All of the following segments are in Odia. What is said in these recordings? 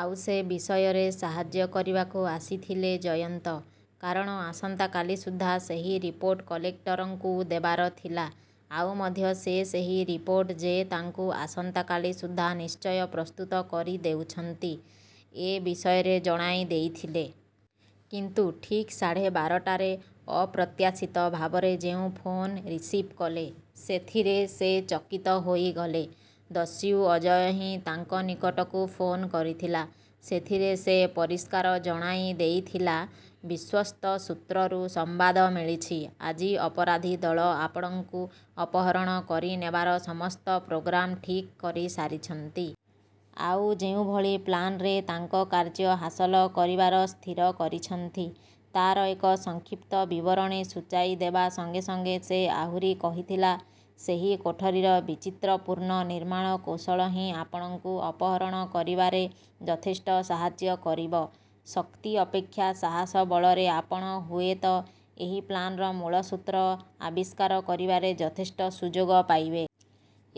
ଆଉ ସେ ବିଷୟରେ ସାହାଯ୍ୟ କରିବାକୁ ଆସିଥିଲେ ଜୟନ୍ତ। କାରଣ ଆସନ୍ତା କାଲି ସୁଦ୍ଧା ସେହି ରିପୋର୍ଟ କଲେକ୍ଟରଙ୍କୁ ଦେବାର ଥିଲା। ଆଉ ମଧ୍ୟ ସେ ସେହି ରିପୋର୍ଟ ଯେ ତାଙ୍କୁ ଆସନ୍ତା କାଲି ସୁଦ୍ଧା ନିଶ୍ଚୟ ପ୍ରସ୍ତୁତ କରି ଦେଉଛନ୍ତି, ଏ ବିଷୟରେ ଜଣାଇ ଦେଇଥିଲେ। କିନ୍ତୁ ଠିକ୍ ସାଢ଼େ ବାରଟାରେ ଅପ୍ରତ୍ୟାଶିତ ଭାବରେ ଯେଉଁ ଫୋନ୍ ରିସିଭ୍ କଲେ, ସେଥିରେ ସେ ଚକିତ ହୋଇଗଲେ। ଦସ୍ୟୁ ଅଜୟ ହିଁ ତାଙ୍କ ନିକଟକୁ ଫୋନ୍ କରିଥିଲା। ସେଥିରେ ସେ ପରିଷ୍କାର ଜଣାଇ ଦେଇଥିଲା-ବିଶ୍ୱସ୍ତସୂତ୍ରରୁ ସମ୍ବାଦ ମିଳିଛି, ଆଜି ଅପରାଧୀ ଦଳ ଆପଣଙ୍କୁ ଅପହରଣ କରି ନେବାର ସମସ୍ତ ପ୍ରୋଗ୍ରାମ୍ ଠିକ୍ କରି ସାରିଛନ୍ତି। ଆଉ ଯେଉଁଭଳି ପ୍ଲାନରେ ତାଙ୍କ କାର୍ଯ୍ୟ ହାସଲ କରିବାର ସ୍ଥିର କରିଛନ୍ତି, ତାର ଏକ ସଂକ୍ଷିପ୍ତ ବିବରଣୀ ସୂଚାଇ ଦେବା ସଙ୍ଗେ ସଙ୍ଗେ ସେ ଆହୁରି କହିଥିଲା, ସେହି କୋଠରିର ବିଚିତ୍ରପୂର୍ଣ୍ଣ ନିର୍ମାଣକୌଶଳ ହିଁ ଆପଣଙ୍କୁ ଅପହରଣ କରିବାରେ ଯଥେଷ୍ଟ ସାହାଯ୍ୟ କରିବ। ଶକ୍ତି ଅପେକ୍ଷା ସାହସ ବଳରେ ଆପଣ ହୁଏ ତ ଏହି ପ୍ଲାନର୍ ମୂଳସୂତ୍ର ଆବିଷ୍କାର କରିବାରେ ଯଥେଷ୍ଟ ସୁଯୋଗ ପାଇବେ।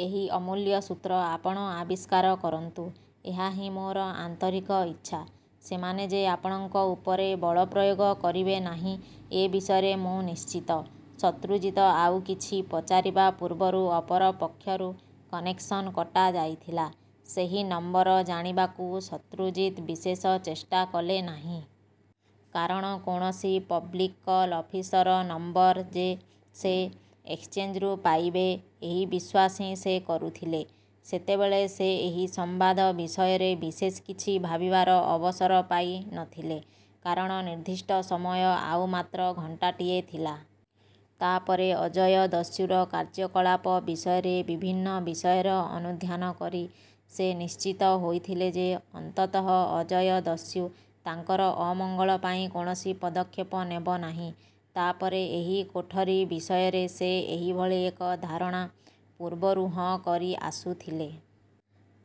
ଏହି ଅମୁଲ୍ୟ ସୂତ୍ର ଆପଣ ଆବିଷ୍କାର କରନ୍ତୁ, ଏହା ହିଁ ମୋର ଆନ୍ତରିକ ଇଚ୍ଛା। ସେମାନେ ଯେ ଆପଣଙ୍କ ଉପରେ ବଳପ୍ରୟୋଗ କରିବେ ନାହିଁ, ଏ ବିଷୟରେ ମୁଁ ନିଶ୍ଚିତ। ଶତ୍ରୁଜିତ ଆଉ କିଛି ପଚାରିବା ପୂର୍ବରୁ ଅପର ପକ୍ଷରୁ କନେକ୍ସନ କଟା ଯାଇଥିଲା। ସେହି ନମ୍ବର ଜାଣିବାକୁ ଶତ୍ରୁଜିତ ବିଶେଷ ଚେଷ୍ଟା କଲେ ନାହିଁ। କାରଣ କୌଣସି ପବ୍ଲିକ୍ କଲ୍ ଅଫିସର ନମ୍ବର ଯେ ସେ ଏକ୍ସଚେଞ୍ଜରୁ ପାଇବେ, ଏହି ବିଶ୍ୱାସ ହିଁ ସେ କରୁଥିଲେ। ସେତେବେଳେ ସେ ଏହି ସମ୍ବାଦ ବିଷୟରେ ବିଶେଷ କିଛି ଭାବିବାର ଅବସର ପାଇ ନ ଥିଲେ। କାରଣ ନିର୍ଦ୍ଦିଷ୍ଟ ସମୟ ଆଉ ମାତ୍ର ଘଣ୍ଟାଟିଏ ଥିଲା। ତା ପରେ ଅଜୟ ଦସ୍ୟୁର କାର୍ଯ୍ୟକଳାପ ବିଷୟରେ ବିଭିନ୍ନ ବିଷୟର ଅନୁଧ୍ୟାନ କରି ସେ ନିଶ୍ଚିତ ହୋଇଥିଲେ ଯେ, ଅନ୍ତତଃ ଅଜୟ ଦସ୍ୟୁ ତାଙ୍କର ଅମଙ୍ଗଳ ପାଇଁ କୌଣସି ପଦକ୍ଷେପ ନେବ ନାହିଁ। ତା ପରେ ଏହି କୋଠରି ବିଷୟରେ ସେ ଏହିଭଳି ଏକ ଧାରଣା ପୂର୍ବରୁହଁ କରି ଆସୁଥିଲେ।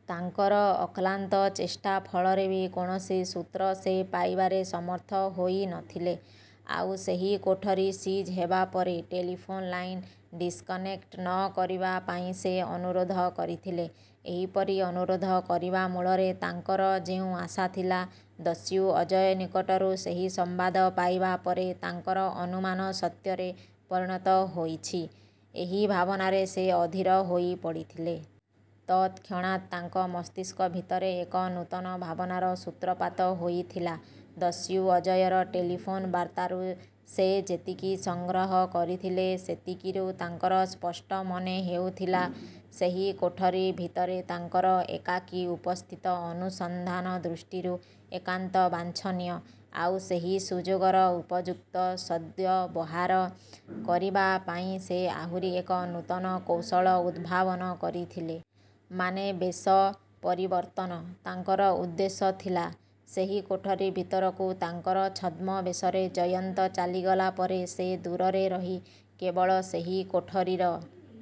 ତାଙ୍କର ଅକ୍ଳାନ୍ତ ଚେଷ୍ଟା ଫଳରେ ବି କୌଣସି ସୂତ୍ର ସେ ପାଇବାରେ ସମର୍ଥ ହୋଇ ନ ଥିଲେ। ଆଉ ସେହି କୋଠରି ସିଜ୍ ହେବା ପରେ ଟେଲିଫୋନ୍ ଲାଇନ୍ ଡିସକନେକ୍ଟ ନ କରିବା ପାଇଁ ସେ ଅନୁରୋଧ କରିଥିଲେ। ଏହିପରି ଅନୁରୋଧ କରିବା ମୂଳରେ ତାଙ୍କର ଯେଉଁ ଆଶା ଥିଲା, ଦସ୍ୟୁ ଅଜୟ ନିକଟରୁ ସେହି ସମ୍ବାଦ ପାଇବା ପରେ ତାଙ୍କର ଅନୁମାନ ସତ୍ୟରେ ପରିଣତ ହୋଇଛି, ଏହି ଭାବନାରେ ସେ ଅଧୀର ହୋଇ ପଡ଼ିଥିଲେ। ତତକ୍ଷଣାତ୍ ତାଙ୍କ ମସ୍ତିଷ୍କ ଭିତରେ ଏକ ନୂତନ ଭାବନାର ସୂତ୍ରପାତ ହୋଇଥିଲା। ଦସ୍ୟୁ ଅଜୟର ଟେଲିଫୋନ ବାର୍ତ୍ତାରୁ ସେ ଯେତିକି ସଂଗ୍ରହ କରିଥିଲେ; ସେତିକିରୁ ତାଙ୍କର ସ୍ପଷ୍ଟ ମନେ ହେଉଥିଲା, ସେହି କୋଠରି ଭିତରେ ତାଙ୍କର ଏକାକୀ ଉପସ୍ଥିତି ଅନୁସନ୍ଧାନ ଦୃଷ୍ଟିରୁ ଏକାନ୍ତ ବାଞ୍ଛନୀୟ। ଆଉ ସେହି ସୁଯୋଗର ଉପଯୁକ୍ତ ସଦ୍ବ୍ୟବହାର କରିବା ପାଇଁ ସେ ଆହୁରି ଏକ ନୂତନ କୌଶଳ ଉଦ୍ଭାବନ କରିଥିଲେ। ମାନେ, ବେଶ ପରିବର୍ତ୍ତନ। ତାଙ୍କର ଉଦ୍ଦେଶ୍ୟ ଥିଲା, ସେହି କୋଠରି ଭିତରକୁ ତାଙ୍କର ଛଦ୍ମବେଶରେ ଜୟନ୍ତ ଚାଲିଗଲା ପରେ ସେ ଦୂରରେ ରହି କେବଳ ସେହି କୋଠରିର